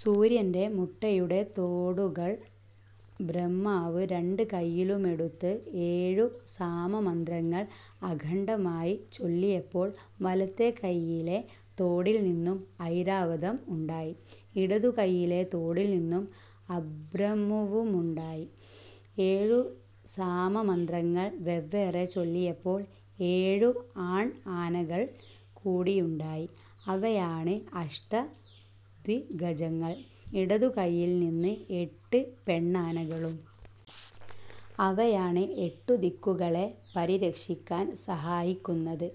സൂര്യന്റെ മുട്ടയുടെ തോടുകള് ബ്രപ്മാവു രണ്ടു കൈയിലുമെടുത്ത് ഏഴു സാമ മന്ത്രങ്ങൾ അഖണ്ഡമായി ചൊല്ലിയപ്പോൾ വലതെ കൈയിലെ തോടിൽ നിന്നും ഐരാവതം ഉണ്ടായി. ഇടതുകൈയിലെ തോടിൽ നിന്നും അഭ്രമുവുമുണ്ടായി. ഏഴുസാമമന്ത്രങ്ങൾ വെവ്വേറെ ചൊല്ലിയപ്പോൾ ഏഴു ആൺ ആനകൾ കൂടിയുണ്ടായി. അവയാണ് അഷ്ടദ്വിഗജങ്ങൾ. ഇടതുകൈയിൽ നിന്ന് എട്ട് പെണ്ണാനകളും. അവയാണ് എട്ടുദിക്കുകളെ പരിരക്ഷിക്കാൻ സഹായിക്കുന്നത്.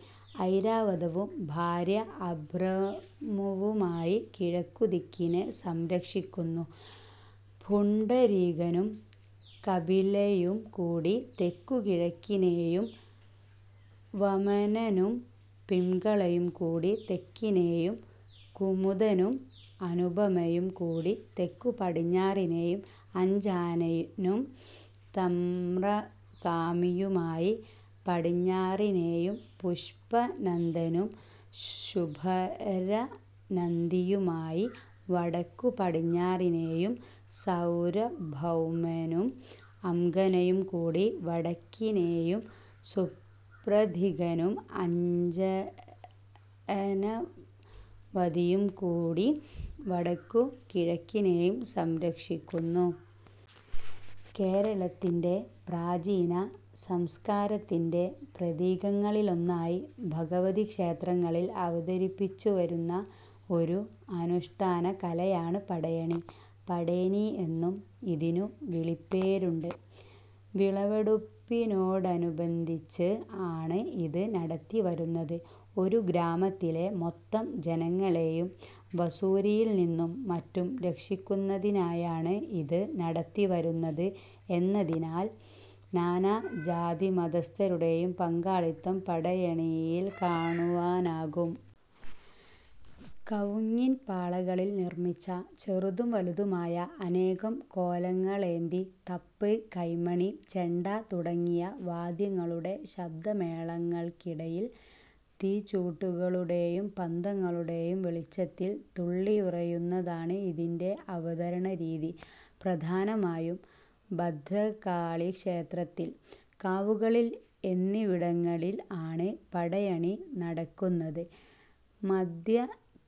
ഐരാവതവും ഭാര്യ അഭ്രമുവുമായി കിഴക്കു ദിക്കിനെ സംരക്ഷിക്കുന്നു. പുണ്ഡരീകനും കപിലയും കൂടി തെക്കു-കിഴക്കിനേയും വമനനും പിംഗളയും കൂടി തെക്കിനേയും കുമുദനും അനുപമയും കൂടി തെക്കു-പടിഞ്ഞാറിനേയും അഞ്ചാനനും തംമ്രകാമിയുമായി പടിഞ്ഞാറിനേയും പുഷ്പ ദന്ദനും ശുഭരദന്ദിയുമായി വടക്കു-പടിഞ്ഞാറിനേയും സാര്വഭൌമനും അംഗനയും കൂടി വടക്കിനേയും സുപ്രധികനും അഞജനവതിയും കൂടീ വടക്കുകിഴക്കിനേയും സംരക്ഷിക്കുന്നു. കേരളത്തിന്റെ പ്രാചീന സംസ്കാരത്തിന്റെ പ്രതീകങ്ങളിലൊന്നായി ഭഗവതി ക്ഷേത്രങ്ങളിൽ അവതരിപ്പിച്ചുവരുന്ന ഒരു അനുഷ്ഠാനകലയാണ് പടയണി. പടേനി എന്നും ഇതിനു വിളിപ്പേരുണ്ട്.. വിളവെടുപ്പിനോടനുബന്ധിച്ച് ആണ് ഇത് നടത്തിവരുന്നത്. ഒരു ഗ്രാമത്തിലെ മൊത്തം ജനങ്ങളെയും വസൂരിയിൽ നിന്നും മറ്റും രക്ഷിക്കുന്നതിനായാണ് ഇത് നടത്തിവരുന്നത് എന്നതിനാൽ നാനാജാതിമതസ്ഥരുടേയും പങ്കാളിത്തം പടയണിയിൽ കാണുവാനാകും. കവുങ്ങിൻപാളകളിൽ നിർമ്മിച്ച ചെറുതും വലുതുമായ അനേകം കോലങ്ങളേന്തി തപ്പ്, കൈമണി, ചെണ്ട തുടങ്ങിയ വാദ്യങ്ങളുടെ ശബ്ദമേളങ്ങൾക്കിടയിൽ തീച്ചൂട്ടുകളുടേയും പന്തങ്ങളുടേയും വെളിച്ചത്തിൽ തുള്ളിയുറയുന്നതാണ് ഇതിന്റെ അവതരണരീതി. പ്രധാനമായും ഭദ്രകാളി ക്ഷേത്രത്തിൽ, കാവുകളിൽ എന്നിവിടങ്ങളിൽ ആണ് പടയണി നടക്കുന്നത്. മധ്യ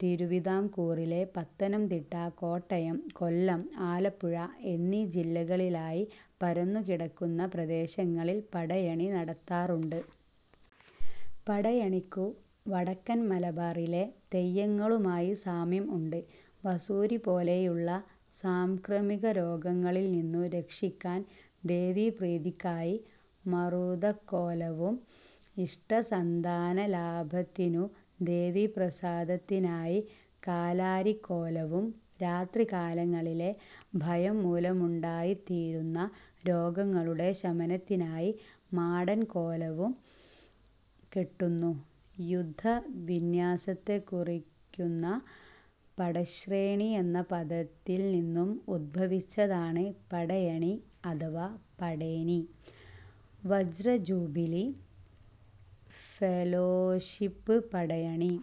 തിരുവിതാംകൂറിലെ പത്തനംതിട്ട, കോട്ടയം, കൊല്ലം, ആലപ്പുഴ എന്നീ ജില്ലകളിലായി പരന്നുകിടക്കുന്ന പ്രദേശങ്ങളിൽ പടയണി നടത്താറുണ്ട്. പടയണിക്കു വടക്കൻ മലബാറിലെ തെയ്യങ്ങളുമായി സാമ്യം ഉണ്ട്. വസൂരിപോലെയുള്ള സാംക്രമികരോഗങ്ങളിൽ നിന്നു രക്ഷിക്കാൻ ദേവീപ്രീതിക്കായി മറുതക്കോലവും ഇഷ്ടസന്താനലാഭത്തിനു ദേവീപ്രസാദത്തിനായി കാലാരിക്കോലവും രാത്രികാലങ്ങളിലെ ഭയംമൂലമുണ്ടായിത്തീരുന്ന രോഗങ്ങളുടെ ശമനത്തിനായി മാടൻകോലവും കെട്ടുന്നു. യുദ്ധവിന്യാസത്തെക്കുറിയ്ക്കുന്ന പടശ്രേണി എന്ന പദത്തിൽ നിന്നും ഉത്ഭവിച്ചതാണ് പടയണി അഥവാ പടേനി. വജ്രജൂബിലി ഫെലോഷിപ്പ് പടയണി